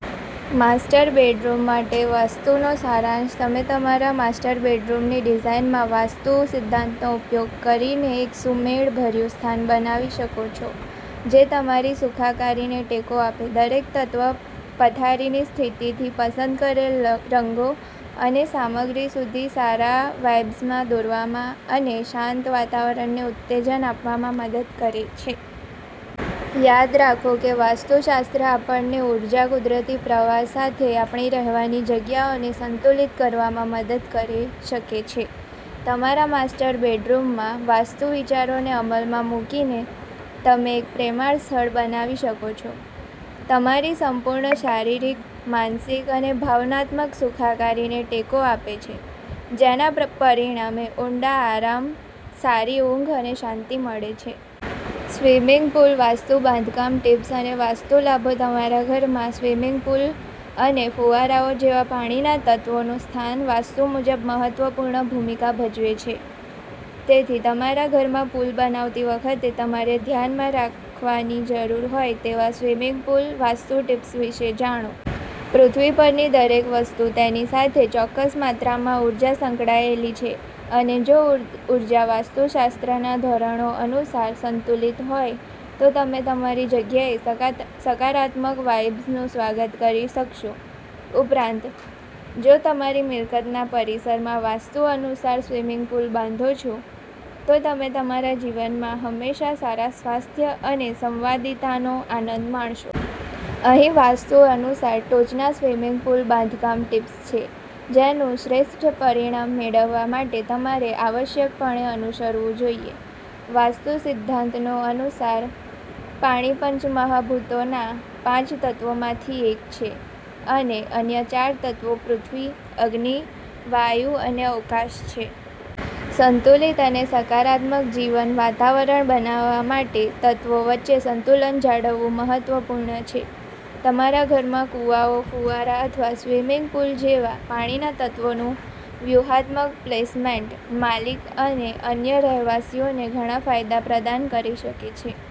Master bedroom માટે વાસ્તુનો સારાંશ તમે તમારા માસ્ટર બેડરૂમની ડિઝાઇનમાં વાસ્તુ સિદ્ધાંતોનો ઉપયોગ કરીને એક સુમેળભર્યું સ્થાન બનાવી શકો છો જે તમારી સુખાકારીને ટેકો આપે. દરેક તત્વ, પથારીની સ્થિતિથી પસંદ કરેલ રંગો અને સામગ્રી સુધી, સારા વાઇબ્સમાં દોરવામાં અને શાંત વાતાવરણને ઉત્તેજન આપવામાં મદદ કરે છે. યાદ રાખો કે વાસ્તુશાસ્ત્ર આપણને ઊર્જાના કુદરતી પ્રવાહ સાથે આપણી રહેવાની જગ્યાઓને સંતુલિત કરવામાં મદદ કરી શકે છે. તમારા માસ્ટર બેડરૂમમાંવાસ્તુ વિચારોને અમલમાં મૂકીને, તમે એક પ્રેમાળ સ્થળ બનાવી શકો છો. તમારી સંપૂર્ણ શારીરિક, માનસિક અને ભાવનાત્મક સુખાકારીને ટેકો આપે છે, જેના પરિણામે ઊંડા આરામ, સારી ઊંઘ અને શાંતિ મળે છે. સ્વિમિંગ પૂલ વાસ્તુ બાંધકામ ટિપ્સ અને વાસ્તુ લાભો તમારા ઘરમાં સ્વિમિંગ પુલ અને ફુવારાઓ જેવા પાણીના તત્વોનું સ્થાન વાસ્તુ મુજબ મહત્વપૂર્ણ ભૂમિકા ભજવે છે. તેથી તમારા ઘરમાં પૂલ બનાવતી વખતે તમારે ધ્યાનમાં રાખવાની જરૂર હોય તેવા સ્વિમિંગ પૂલ વાસ્તુ ટિપ્સ વિશે જાણો. પૃથ્વી પરની દરેક વસ્તુ તેની સાથે ચોક્કસ માત્રામાં ઉર્જા સંકળાયેલી છે અને જોઉર્જા વાસ્તુશાસ્ત્રના ધોરણો અનુસાર સંતુલિત હોય, તો તમે તમારી જગ્યાએ સકારાત્મક વાઇબ્સનું સ્વાગત કરી શકશો. ઉપરાંત, જો તમે તમારી મિલકતના પરિસરમાં વાસ્તુ અનુસાર સ્વિમિંગ પૂલ બાંધો છો, તો તમે તમારા જીવનમાં હંમેશા સારા સ્વાસ્થ્ય અને સંવાદિતાનો આનંદ માણશો. અહીં વાસ્તુ અનુસાર ટોચના સ્વિમિંગ પૂલ બાંધકામ ટિપ્સ છે જેનું શ્રેષ્ઠ પરિણામ મેળવવા માટે તમારે આવશ્યકપણે અનુસરવું જોઈએ. વાસ્તુ સિદ્ધાંતો અનુસાર, પાણીપંચમહાભૂતોના પાંચ તત્વોમાંથી એક છે અને અન્ય ચાર તત્વો પૃથ્વી, અગ્નિ, વાયુ અને અવકાશ છે. સંતુલિત અને સકારાત્મક જીવન વાતાવરણ બનાવવા માટેતત્વો વચ્ચે સંતુલન જાળવવું મહત્વપૂર્ણ છે. તમારા ઘરમાં કુવાઓ, ફુવારા અથવા સ્વિમિંગ પુલ જેવા પાણીના તત્વોનું વ્યૂહાત્મક પ્લેસમેન્ટ, માલિક અને અન્ય રહેવાસીઓને ઘણા ફાયદા પ્રદાન કરી શકે છે.